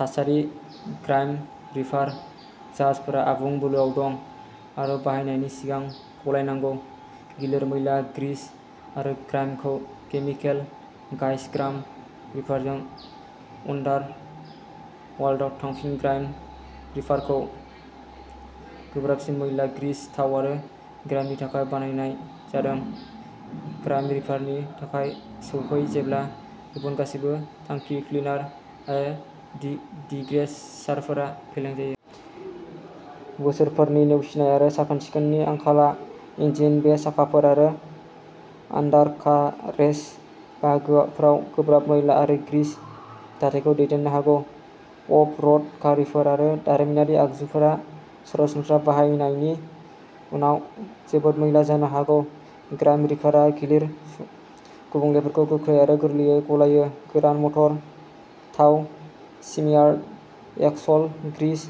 थासारि ग्राइम रिपार जाहाजफोरा आबुं बोलोआव दं आरो बाहायनायनि सिगां गलायनांगौ गिलिर मैला ग्रीस आरो ग्राइमखौ केमिकेल गाइज ग्राइम रिपारजों अन्डारवर्ल्डआव थांफिन ग्राइम रिपारखौ गोब्राबसिन मैला ग्रीस थाव आरो ग्राइमनि थाखाय बानायनाय जादों ग्राइम रिपारनि थाखाय सौहै जेब्ला गुबुन गासैबो थांखि क्लिनार आरो डिडिग्रेसारफोरा फेलें जायो। बोसोरफोरनि नेवसिनाय आरो साखोन सिखोननि आंखालआ इन्जिन बे साखाफोर आरो आन्डारकारेज बाहागोफोराव गोब्राब मैला आरो ग्रीस दाथायखौ दैदेननो हागौ। अफ र'ड गारिफोर आरो दारिमिनारि आगजुफोरा सरासनस्रा बाहायनायनि उनाव जोबोद मैला जानो हागौ। ग्राइम रिपारआ गिलिर गुबुंलेफोरखौ गोख्रै आरो गोरलैयै गलायो गोरान मटर थाव smeared axle grease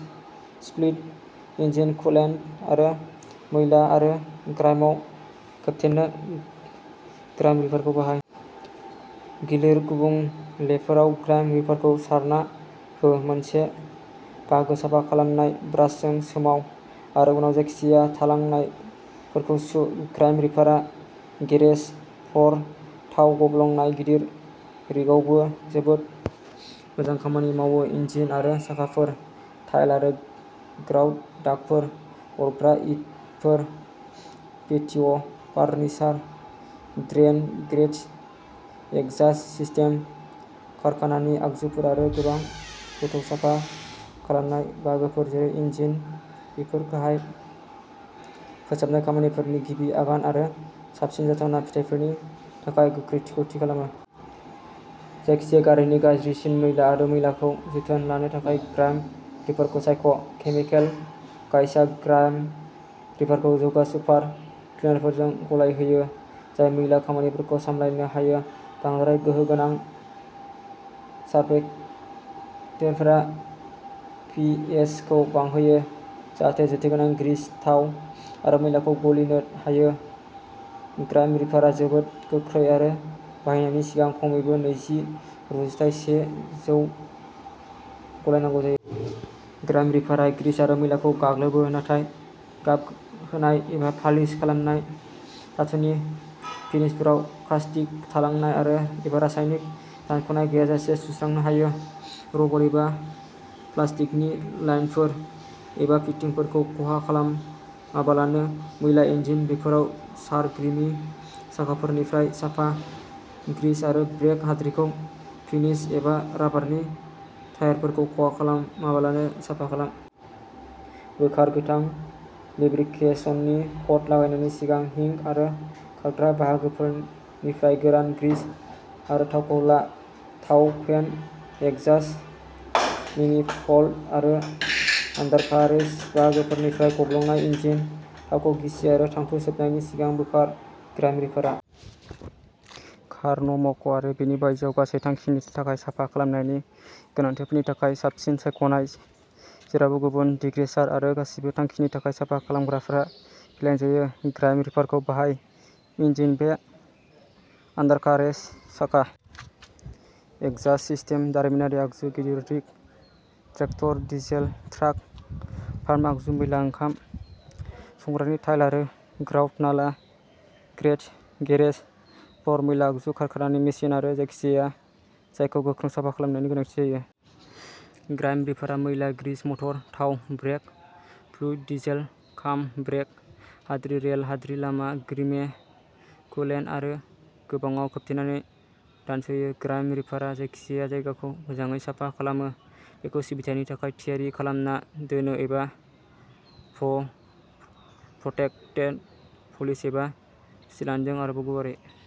spilled engine coolant आरो मैला आरो ग्राइमाव खोबथेनो ग्राइम रिपारखौ बाहाय। गिलिर गुबुंलेफोराव ग्राइम रिपारखौ सारना हो मोनसे बाहागो साफा खालामनाय ब्रासजों सोमाव आरो उनाव जायखिजाया थालांनायफोरखौ सु ग्राइम रिपारआ गेरेज फ्ल'र थाव गब्लंनाय गिदिर रिगआवबो जोबोद मोजां खामानि मावो इन्जिन आरो साखाफोर टाइल आरो ग्राउट दागफोर अरग्रा इटफोर पेटिय'फार्निसार ड्रेइन ग्रेट्स एग्जास्ट सिस्टेम कारखानानि आगजुफोर आरो गोबां गोथौ साफा खालामनाय बाहागोफोर जेरै इन्जिन बेफोर गाहाय फोसाबनाय खामानिफोरनि गिबि आगान आरो साबसिन जाथावना फिथायफोरनि थाखाय गोख्रैथिखौ थि खालामो। जायखिजाया गारिनि गाज्रिसिन मैला आरो मैलाखौ जोथोन लानो थाखाय ग्राइम रिपारखौ सायख' केमिकेल गाइजआ ग्राइम रिपारखौ जौगा सुपार क्लिनारफोरजों गलायहोयो जाय मैला खामानिफोरखौ सामलायनो हायो बांद्राय गोहो गोनां सार्फेक्टेन्टफोरा पिएचखौ बांहोयो जाहाथे जेथोगोनां ग्रीस थाव आरो मैलाखौ गलिनो हायो ग्राइम रिपारआ जोबोद गोख्रै आरो बाहायनायनि सिगां खमैबो नैजि रुजुथाइ से जौ गलायनांगौ जायो। ग्राइम रिपारआ ग्रीस आरो मैलाखौ गाग्लोबो नाथाय गाब होनाय एबा पालिश खालामनाय धातुनि फिनिशफोराव कास्टिक थालांनाय एबा रासायनिक दानख'नाय गैयालासे सुस्रानो हायो रबर एबा प्लास्टिकनि लाइनफोर एबा फिटिंफोरखौ खहा खालामालाबानो मैला इन्जिन बेफोराव सार ग्रिमि साखाफोरनिफ्राय साफा ग्रीस आरो ब्रेक हाद्रिखौ फिनिश एबा राबारनि टायारफोरखौ खहा खालामालाबानो साफा खालाम। बोखार गोथां लेब्रिकेशननि कट लागायनायनि सिगां हिंग आरो खारग्रा बाहागोफोरनिफ्राय गोरान ग्रीस आरो थावखौ ला थाव पेन एग्जास्ट मैनिफोल्ड आरो आन्डारकारेज बाहागोफोरनिफ्राय गब्लंनाय इन्जिन थावखौ गिसि आरो थांखु सोबनायनि सिगां बोखार ग्राइम रिपारआ कार न मावख' आरो बेनि बायजोआव गासै थांखिनि थाखाय साफा खालामनायनि गोनांथिफोरनि थाखाय साबसिन सायख'नाय जेरावबो गुबुन डिग्रेसार आरो गासिबो थांखिनि थाखाय साफा खालामग्राफोरा फेलें जायो ग्राइम रिपारखौ बाहाय इन्जिन बे आन्डारकारेज साखा एग्जास्ट सिस्टेम दारिमिनारि आगजु गिदिर rig tractor diesel truck farm आगजु मैला ओंखाम संग्रानि टाइल आरो ग्राउट नाला ग्रेट्स गेरेज फ्ल'र मैला आगजु कारखानानि मेसिन आरो जायखिजाया जायखौ गोख्रों साफा खालामनायनि गोनांथि जायो ग्राइम रिपारआ मैला ग्रीस मटर थाव ब्रेक फ्लुइड डिजेल खाम ब्रेक हाद्रि रेल हाद्रि लामा ग्रिमे कुलेन्ट आरो गोबांआव खोबथेनानै दानस'यो ग्राइम रिपारआ जायखिजाया जायगाखौ मोजाङै साफा खालामो बेखौ सिबिथायनि थाखाय थियारि खालामना दोनो एबा प्र प्रटेक्टेन्ट पलिश एबा सिलान्टजों आरोबाव गुवारै